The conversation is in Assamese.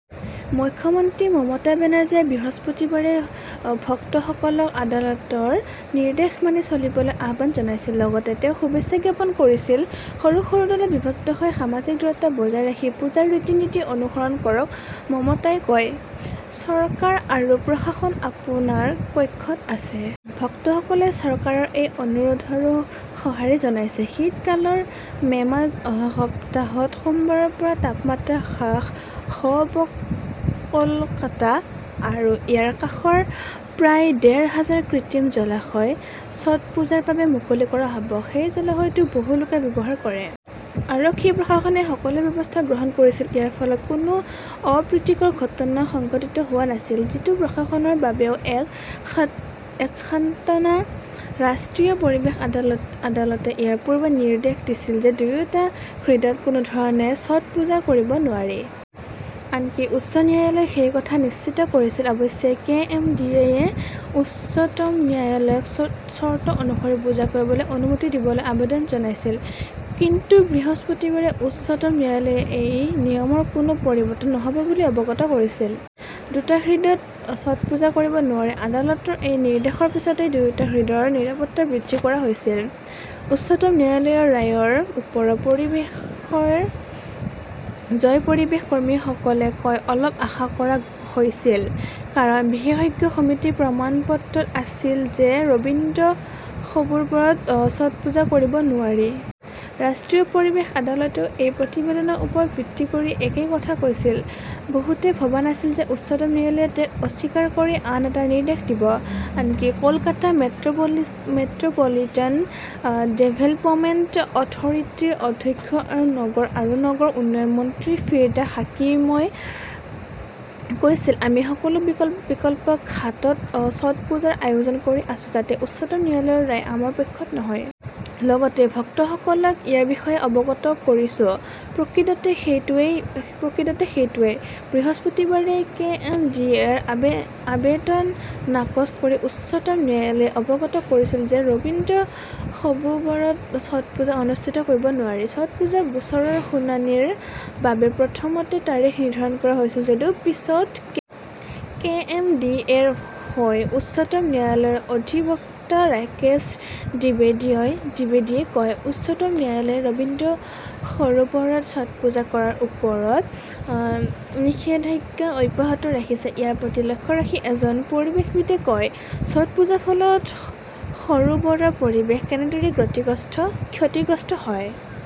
মুখ্যমন্ত্ৰী মমতা বেনাৰ্জীয়ে বৃহস্পতিবাৰে ভক্তসকলক আদালতৰ নিৰ্দেশ মানি চলিবলৈ আহ্বান জনাইছিল। লগতে তেওঁ শুভেচ্ছা জ্ঞাপন কৰিছিল। সৰু -সৰু দলত বিভক্ত হৈ সামাজিক দূৰত্ব বজাই ৰাখি পূজাৰ ৰীতি-নীতি অনুসৰণ কৰক মমতাই কয়। চৰকাৰ আৰু প্ৰশাসন আপোনাৰ পক্ষত আছে। ভক্তসকলে চৰকাৰৰ এই অনুৰোধৰো সঁহাৰি জনাইছে। শীতকালৰ মেমাজ অহা সপ্তাহত সোমবাৰৰ পৰা তাপমাত্ৰা হ্ৰাস হ'ব কলকাতা আৰু ইয়াৰ কাষৰ প্ৰায় ডেৰ হাজাৰ কৃত্ৰিম জলাশয় ছটপুজাৰ বাবে মুকলি কৰা হ'ব। সেই জলাশয়টো বহু লোকে ব্যৱহাৰ কৰে। আৰক্ষী-প্ৰশাসনে সকলো ব্যৱস্থা গ্ৰহণ কৰিছিল। ইয়াৰ ফলত কোনো অপ্ৰীতিকৰ ঘটনা সংঘটিত হোৱা নাছিল। যিটো প্ৰশাসনৰ বাবেও এক সা এক সান্ত্বনা। ৰাষ্ট্ৰীয় পৰিৱেশ আ আদালতে ইয়াৰ পূৰ্বে নিৰ্দেশ দিছিল যে দুয়োটা হিদত কোনো ধৰণে ছট পূজা কৰিব নোৱাৰি। আনকি উচ্চ ন্যায়ালয়েও সেই কথা নিশ্চিত কৰিছিল। অৱশ্যে কে. এম. ডি. এ য়ে উচ্চতম ন্যায়ালয়ক চৰ্ত অনুসৰি পূজা কৰিবলৈ অনুমতি দিবলৈ আবেদন জনাইছিল। কিন্তু বৃহস্পতিবাৰে উচ্চতম ন্যায়ালয়ে এই নিয়মৰ কোনো পৰিৱৰ্তন নহ'ব বুলি অৱগত কৰিছিল। দুটা হৃদত ছটপুজা কৰিব নোৱাৰি। আদালতৰ এই নিৰ্দেশৰ পিছতে দুয়োটা হৃদৰ নিৰাপত্তা বৃদ্ধি কৰা হৈছিল। উচ্চতম ন্যায়ালয়ৰ ৰায়ৰ ওপৰত পৰিৱেশৰ জয় পৰিৱেশ কৰ্মীসকলে কয় অলপ আশা কৰা হৈছিল, কাৰণ বিশেষজ্ঞ সমিতিৰ প্ৰমাণপত্ৰত আছিল যে ৰবীন্দ্ৰ সবোবৰত ছটপুজা কৰিব নোৱাৰি। ৰাষ্ট্ৰীয় পৰিৱেশ আদালতেও এই প্ৰতিবেদনৰ ওপৰত ভিত্তি কৰি একেই কথা কৈছিল। বহুতে ভবা নাছিল যে উচ্চতম ন্যায়ালয়ে তেওঁক অস্বীকাৰ কৰি আন এটা নিৰ্দেশ দিব। আনকি কলকাতা মেট্ৰপলি‌ মেট্ৰপলিটান ডেভেলপমেণ্ট অথৰিটিৰ অধ্যক্ষ আৰু নগৰ আৰু নগৰ উন্নয়ন মন্ত্ৰী ফিৰহাদ হাকিমই কৈছিল আমি সকলো বিক বিকল্প ঘাটত ছটপুজাৰ আয়োজন কৰি আছো যাতে উচ্চতম ন্যায়ালয়ৰ ৰায় আমাৰ পক্ষত নহয়। লগতে ভক্তসকলক ইয়াৰ বিষয়ে অৱগত কৰিছো। প্ৰকৃততে সেইটোৱেই প্ৰকৃততে সেইটোৱেই। বৃহস্পতিবাৰে কে এম ডি এ -ৰ আ আবেদন নাকচ কৰি উচ্চতম ন্যায়ালয়ে অৱগত কৰিছিল যে ৰবীন্দ্ৰ সবোবৰত ছটপুজা অনুষ্ঠিত কৰিব নোৱাৰি। ছটপুজা গোচৰৰ শুনানিৰ বাবে প্ৰথমতে তাৰিখ নিৰ্ধাৰণ কৰা হৈছিল যদিও পিছত কে এম ডি এ ৰ হৈ উচ্চতম ন্যায়ালয়ৰ অধিবক্তা ৰাকেশ দ্বিবেদয়ে দ্বিবেদীয়ে কয়, উচ্চতম ন্যায়ালয়ে ৰবীন্দ্ৰ সৰোবৰত ছটপুজা কৰাৰ ওপৰত নিষেধাজ্ঞা অব্যাহত ৰাখিছে। ইয়াৰ প্ৰতি লক্ষ্য ৰাখি এজন পৰিৱেশবিদে কয়, ছটপুজাৰ ফলত সৰোবৰৰ পৰিৱেশ কেনেদৰে গ্ৰতিগ্ৰস্ত ক্ষতিগ্ৰস্ত হয়।